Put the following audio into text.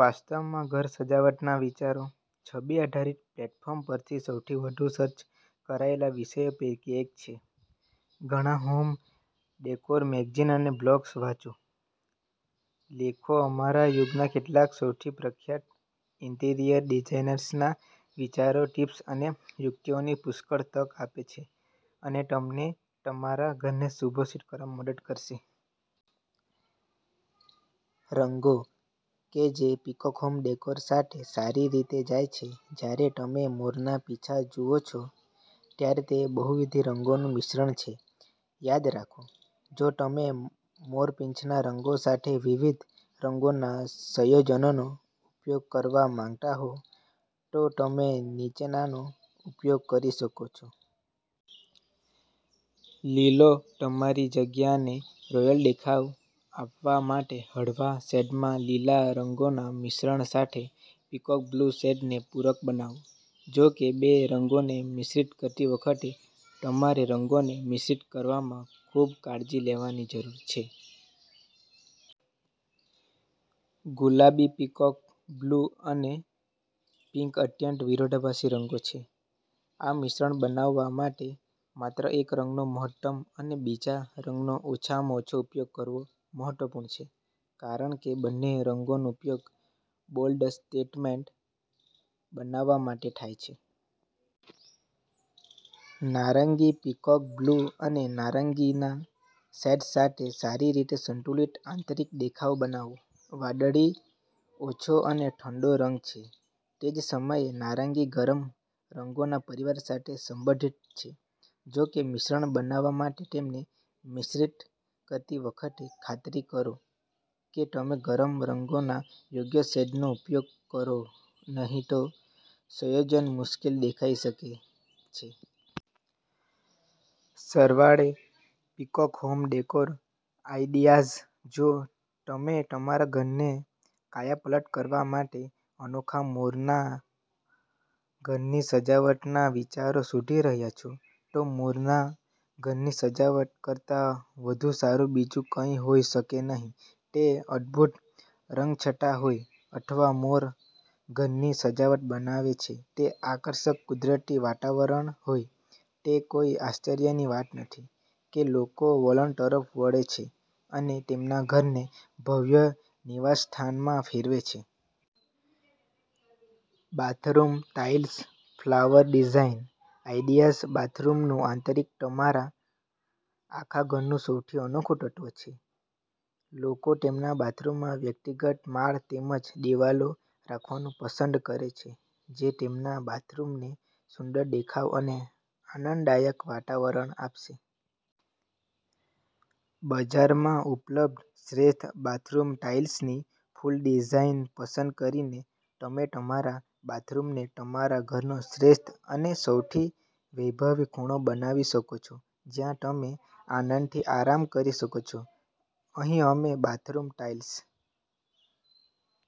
વાસ્તવમાં, ઘર સજાવટના વિચારો છબી-આધારિત પ્લેટફોર્મ પરથી સૌથી વધુ સર્ચ કરાયેલા વિષયો પૈકી એક છે. ઘણાં હોમ ડેકોર મેગેઝિન અને બ્લોગ્સ વાંચો. લેખો અમારા યુગના કેટલાક સૌથી પ્રખ્યાત ઇન્ટિરિયર ડિઝાઇનર્સના વિચારો, ટિપ્સ અને યુક્તિઓની પુષ્કળ તક આપે છે અને તમને તમારા ઘરને સુભોશીત કરવામાં મદદ કરશે. રંગો કે જે પીકોક હોમ ડેકોર સાથે સારી રીતે જાય છે જ્યારે તમે મોરના પીંછા જુઓ છો, ત્યારે તે બહુવિધી રંગોનું મિશ્રણ છે. યાદ રાખો, જો તમે મોરપીંછના રંગો સાથે વિવિધ રંગોના સંયોજનોનો ઉપયોગ કરવા માંગતા હો, તો તમે નીચેનાનો ઉપયોગ કરી શકો છો. લીલો તમારી જગ્યાને રોયલ દેખાવ આપવા માટે હળવા શેડમાં લીલા રંગોના મિશ્રણ સાથે પીકોક બ્લુ શેડને પૂરક બનાવો. જો કે, બે રંગોને મિશ્રિત કરતી વખતે, તમારે રંગોને મિશ્રિત કરવામાં ખૂબ કાળજી લેવાની જરૂર છે. ગુલાબી પીકોક બ્લુ અને પિંક અત્યંત વિરોધાભાસી રંગો છે. આ મિશ્રણ બનાવવા માટે માત્ર એક રંગનો મહત્તમ અને બીજા રંગનો ઓછામાં ઓછો ઉપયોગ કરવો મહત્વપૂર્ણ છે. કારણ કે બંને રંગોનો ઉપયોગ બોલ્ડ સ્ટેટમેન્ટ બનાવવા માટે થાય છે. નારંગી પીકોક બ્લુ અને નારંગીના શેડ્સ સાથે સારી રીતે સંતુલિત આંતરિક દેખાવ બનાવો. વાદળી ઓછો અને ઠંડો રંગ છે. તે જ સમયે, નારંગી ગરમ રંગોના પરિવાર સાથે સંબંધિત છે. જો કે, મિશ્રણ બનાવવા માટે તેમને મિશ્રિત કરતી વખતે, ખાતરી કરો કે તમે ગરમ રંગોના યોગ્ય શેડનો ઉપયોગ કરો નહીં તો, સંયોજન મુશ્કેલ દેખાઈ શકે છે. સરવાળે પીકોક હોમ ડેકોર આઈડિયાઝ જો તમે તમારા ઘરને કાયાપલટ કરવા માટે અનોખા મોરનાં ઘરની સજાવટનાં વિચારો શોધી રહ્યાં છો, તો મોરનાં ઘરની સજાવટ કરતાં વધુ સારું બીજું કંઈ હોઈ શકે નહીં. તે અદભૂત રંગછટા હોય અથવા મોર ઘરની સજાવટ બનાવે છે તે આકર્ષક કુદરતી વાતાવરણ હોય, તે કોઈ આશ્ચર્યની વાત નથી કે લોકો વલણ તરફ વળે છે અને તેમના ઘરને ભવ્ય નિવાસસ્થાનમાં ફેરવે છે. Bathroom tiles flower design ideas બાથરૂમનું આંતરિક તમારા આખા ઘરનું સૌથી અનોખું તત્વ છે. લોકો તેમના બાથરૂમમાં વ્યક્તિગત માળ તેમજ દિવાલો રાખવાનું પસંદ કરે છે જે તેમના બાથરૂમને સુંદર દેખાવ અને આનંદદાયક વાતાવરણ આપશે. બજારમાં ઉપલબ્ધ શ્રેષ્ઠ બાથરૂમ ટાઇલ્સની ફૂલ ડિઝાઇન પસંદ કરીને, તમે તમારા બાથરૂમને તમારા ઘરનો શ્રેષ્ઠ અને સૌથી વૈભવી ખૂણો બનાવી શકો છો જ્યાં તમે આનંદથી આરામ કરી શકો છો. અહીં અમે બાથરૂમ ટાઇલ્સ